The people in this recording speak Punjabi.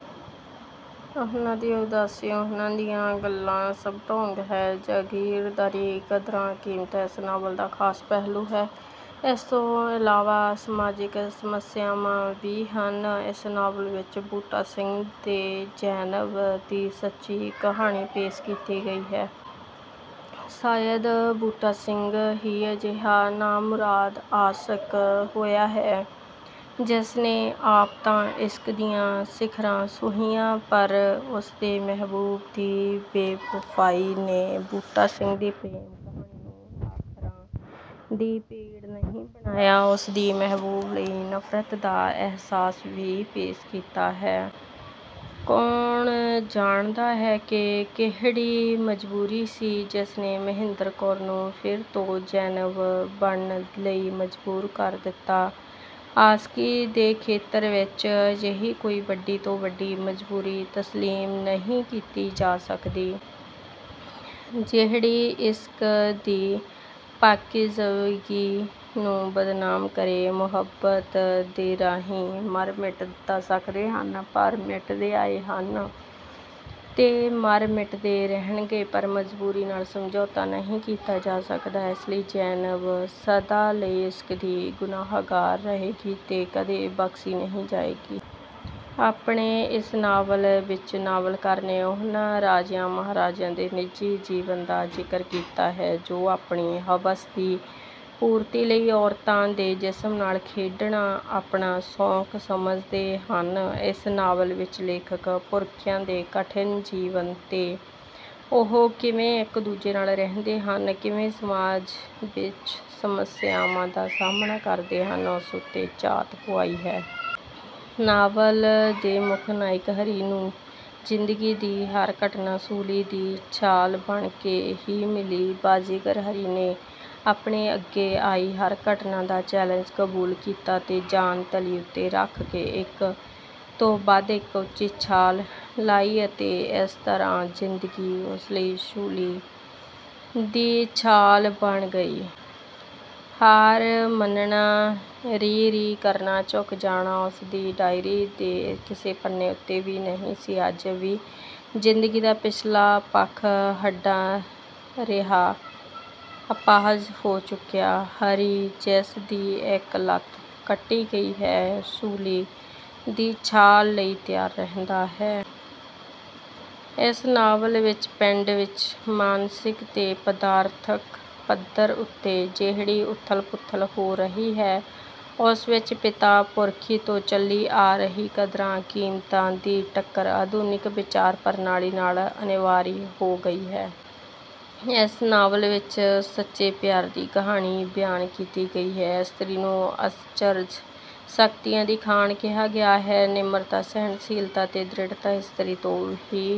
ਉਨ੍ਹਾਂ ਦੀ ਉਦਾਸੀ, ਉਨ੍ਹਾਂ ਦੀਆਂ ਗੱਲਾਂ ਸਭ ਢੌਂਗ ਹੈ। ਜਾਗੀਰਦਾਰੀ ਕਦਰਾਂ ਕੀਮਤਾਂ ਇਸ ਨਾਵਲ ਦਾ ਖ਼ਾਸ ਪਹਿਲੂ ਹੈ। ਇਸ ਤੋਂ ਇਲਾਵਾ ਸਮਾਜਿਕ ਸਮੱਸਿਆਵਾਂ ਵੀ ਹਨ। ਇਸ ਨਾਵਲ ਵਿੱਚ ਬੂਟਾ ਸਿੰਘ ਤੇ ਜ਼ੈਨਬ ਦੀ ਸੱਚੀ ਕਹਾਣੀ ਪੇਸ਼ ਕੀਤੀ ਗਈ ਹੈ। ਸ਼ਾਇਦ ਬੂਟਾ ਸਿੰਘ ਹੀ ਅਜਿਹਾ ਨਾਮੁਰਾਦ ਆਸ਼ਕ ਹੋਇਆ ਹੈ, ਜਿਸਨੇ ਆਪ ਤਾਂ ਇਸ਼ਕ ਦੀਆਂ ਸਿਖ਼ਰਾਂ ਛੂਹੀਆਂ ਪਰ ਉਸਦੇ ਮਹਿਬੂਬ ਦੀ ਬੇਵਫ਼ਾਈ ਨੇ ਬੂਟਾ ਸਿੰਘ ਦੀ ਪ੍ਰੇਮ ਕਹਾਣੀ ਨੂੰ ਆਖਰਾਂ ਦੀ ਪੀੜ ਨਹੀਂ ਬਣਾਇਆ, ਉਸਦੀ ਮਹਿਬੂਬ ਲਈ ਨਫ਼ਰਤ ਦਾ ਅਹਿਸਾਸ ਵੀ ਪੇਸ਼ ਕੀਤਾ ਹੈ। ਕੌਣ ਜਾਣਦਾ ਹੈ ਕਿ ਕਿਹੜੀ ਮਜ਼ਬੂਰੀ ਸੀ ਜਿਸਨੇ ਮਹਿੰਦਰ ਕੌਰ ਨੂੰ ਫਿਰ ਤੋਂ ਜ਼ੈਨਬ ਬਣਨ ਲਈ ਮਜ਼ਬੂਰ ਕਰ ਦਿੱਤਾ। ਆਸ਼ਕੀ ਦੇ ਖੇਤਰ ਵਿੱਚ ਅਜਿਹੀ ਕੋਈ ਵੱਡੀ ਤੋਂ ਵੱਡੀ ਮਜ਼ਬੂਰੀ ਤਸਲੀਮ ਨਹੀਂ ਕੀਤੀ ਜਾ ਸਕਦੀ। ਜਿਹੜੀ ਇਸ਼ਕ ਦੀ ਪਾਕੀਜ਼ਗੀ ਨੂੰ ਬਦਨਾਮ ਕਰੇ। ਮੁਹੱਬਤ ਦੇ ਰਾਹੀ ਮਰ ਮਿਟ ਤਾਂ ਸਕਦੇ ਹਨ, ਪਰ ਮਿਟਦੇ ਆਏ ਹਨ ਤੇ ਮਰ ਮਿਟਦੇ ਰਹਿਣਗੇ, ਪਰ ਮਜ਼ਬੂਰੀ ਨਾਲ ਸਮਝੌਤਾ ਨਹੀਂ ਕੀਤਾ ਜਾ ਸਕਦਾ। ਇਸ ਲਈ ਜ਼ੈਨਬ ਸਦਾ ਲਈ ਇਸ਼ਕ ਦੀ ਗੁਨਾਹਗਾਰ ਰਹੇਗੀ ਤੇ ਕਦੇ ਬਖ਼ਸ਼ੀ ਨਹੀਂ ਜਾਏਗੀ। ਆਪਣੇ ਇਸ ਨਾਵਲ ਵਿੱਚ ਨਾਵਲਕਾਰ ਨੇ ਉਨ੍ਹਾਂ ਰਾਜਿਆਂ ਮਹਾਰਾਜਿਆਂ ਦੇ ਨਿੱਜੀ ਜੀਵਨ ਦਾ ਜ਼ਿਕਰ ਕੀਤਾ ਹੈ, ਜੋ ਆਪਣੀ ਹਵਸ ਦੀ ਪੂਰਤੀ ਲਈ ਔਰਤਾਂ ਦੇ ਜਿਸਮ ਨਾਲ ਖੇਡਣਾ ਆਪਣਾ ਸ਼ੌਕ ਸਮਝਦੇ ਹਨ। ਇਸ ਨਾਵਲ ਵਿੱਚ ਲੇਖਕ ਪੁਰਖਿਆਂ ਦੇ ਕਠਿਨ ਜੀਵਨ ਤੇ ਉਹ ਕਿਵੇਂ ਇੱਕ ਦੂਜੇ ਨਾਲ ਰਹਿੰਦੇ ਹਨ, ਕਿਵੇਂ ਸਮਾਜ ਵਿੱਚ ਸਮੱਸਿਆਵਾਂ ਦਾ ਸਾਹਮਣਾ ਕਰਦੇ ਹਨ ਉਸ ਉੱਤੇ ਝਾਤ ਪੁਆਈ ਹੈ। ਨਾਵਲ ਦੇ ਮੁੱਖ ਨਾਇਕ ਹਰੀ ਨੂੰ ਜ਼ਿੰਦਗੀ ਦੀ ਹਰ ਘਟਨਾ ਸੂਲੀ ਦੀ ਛਾਲ ਬਣ ਕੇ ਹੀ ਮਿਲੀ। ਬਾਜੀਗਰ ਹਰੀ ਨੇ ਆਪਣੇ ਅੱਗੇ ਆਈ ਹਰ ਘਟਨਾ ਦਾ ਚੈਲੇਂਜ ਕਬੂਲ ਕੀਤਾ ਤੇ ਜਾਨ ਤਲੀ ਉੱਤੇ ਰੱਖ ਇੱਕ ਤੋਂ ਵੱਧ ਇੱਕ ਉੱਚੀ ਛਾਲ ਲਾਈ ਅਤੇ ਇਸ ਤਰ੍ਹਾਂ ਜ਼ਿੰਦਗੀ ਉਸ ਲਈ ਸੂਲੀ ਦੀ ਛਾਲ ਬਣ ਗਈ। ਹਾਰ ਮੰਨਣਾ, ਰੀ ਰੀ ਕਰਨਾ, ਝੁਕ ਜਾਣਾ ਉਸ ਦੀ ਡਾਇਰੀ ਦੇ ਕਿਸੇ ਪੰਨੇ ਉੱਤੇ ਵੀ ਨਹੀਂ ਸੀ। ਅੱਜ ਵੀ ਜ਼ਿੰਦਗੀ ਦਾ ਪਿਛਲਾ ਪੱਖ ਹੱਡਾ ਰਿਹਾ, ਅਪਾਹਜ ਹੋ ਚੁੱਕਿਆ ਹਰੀ ਜਿਸ ਦੀ ਇੱਕ ਲੱਤ ਕੱਟੀ ਗਈ ਹੈ ਸੂਲੀ ਦੀ ਛਾਲ ਲਈ ਤਿਆਰ ਰਹਿੰਦਾ ਹੈ। ਇਸ ਨਾਵਲ ਵਿੱਚ ਪਿੰਡ ਵਿੱਚ ਮਾਨਸਿਕ ਤੇ ਪਦਾਰਥਕ ਪੱਧਰ ਉੱਤੇ ਜਿਹੜੀ ਉੱਥਲ ਪੁੱਥਲ ਹੋ ਰਹੀ ਹੈ ਉਸ ਵਿੱਚ ਪਿਤਾ ਪੁਰਖੀ ਤੋਂ ਚੱਲੀ ਆ ਰਹੀ ਕਦਰਾਂ ਕੀਮਤਾਂ ਦੀ ਟੱਕਰ ਆਧੁਨਿਕ ਵਿਚਾਰ ਪ੍ਰਣਾਲੀ ਨਾਲ ਅਨਿਵਾਰੀ ਹੋ ਗਈ ਹੈ। ਇਸ ਨਾਵਲ ਵਿੱਚ ਸੱਚੇ ਪਿਆਰ ਦੀ ਕਹਾਣੀ ਬਿਆਨ ਕੀਤੀ ਗਈ ਹੈ। ਇਸਤਰੀ ਨੂੰ ਅਸਚਰਜ ਸ਼ਕਤੀਆਂ ਦੀ ਖਾਣ ਕਿਹਾ ਗਿਆ ਹੈ। ਨਿਮਰਤਾ, ਸਹਿਣਸ਼ੀਲਤਾ ਤੇ ਦ੍ਰਿੜਤਾ ਇਸਤਰੀ ਤੋਂ ਹੀ...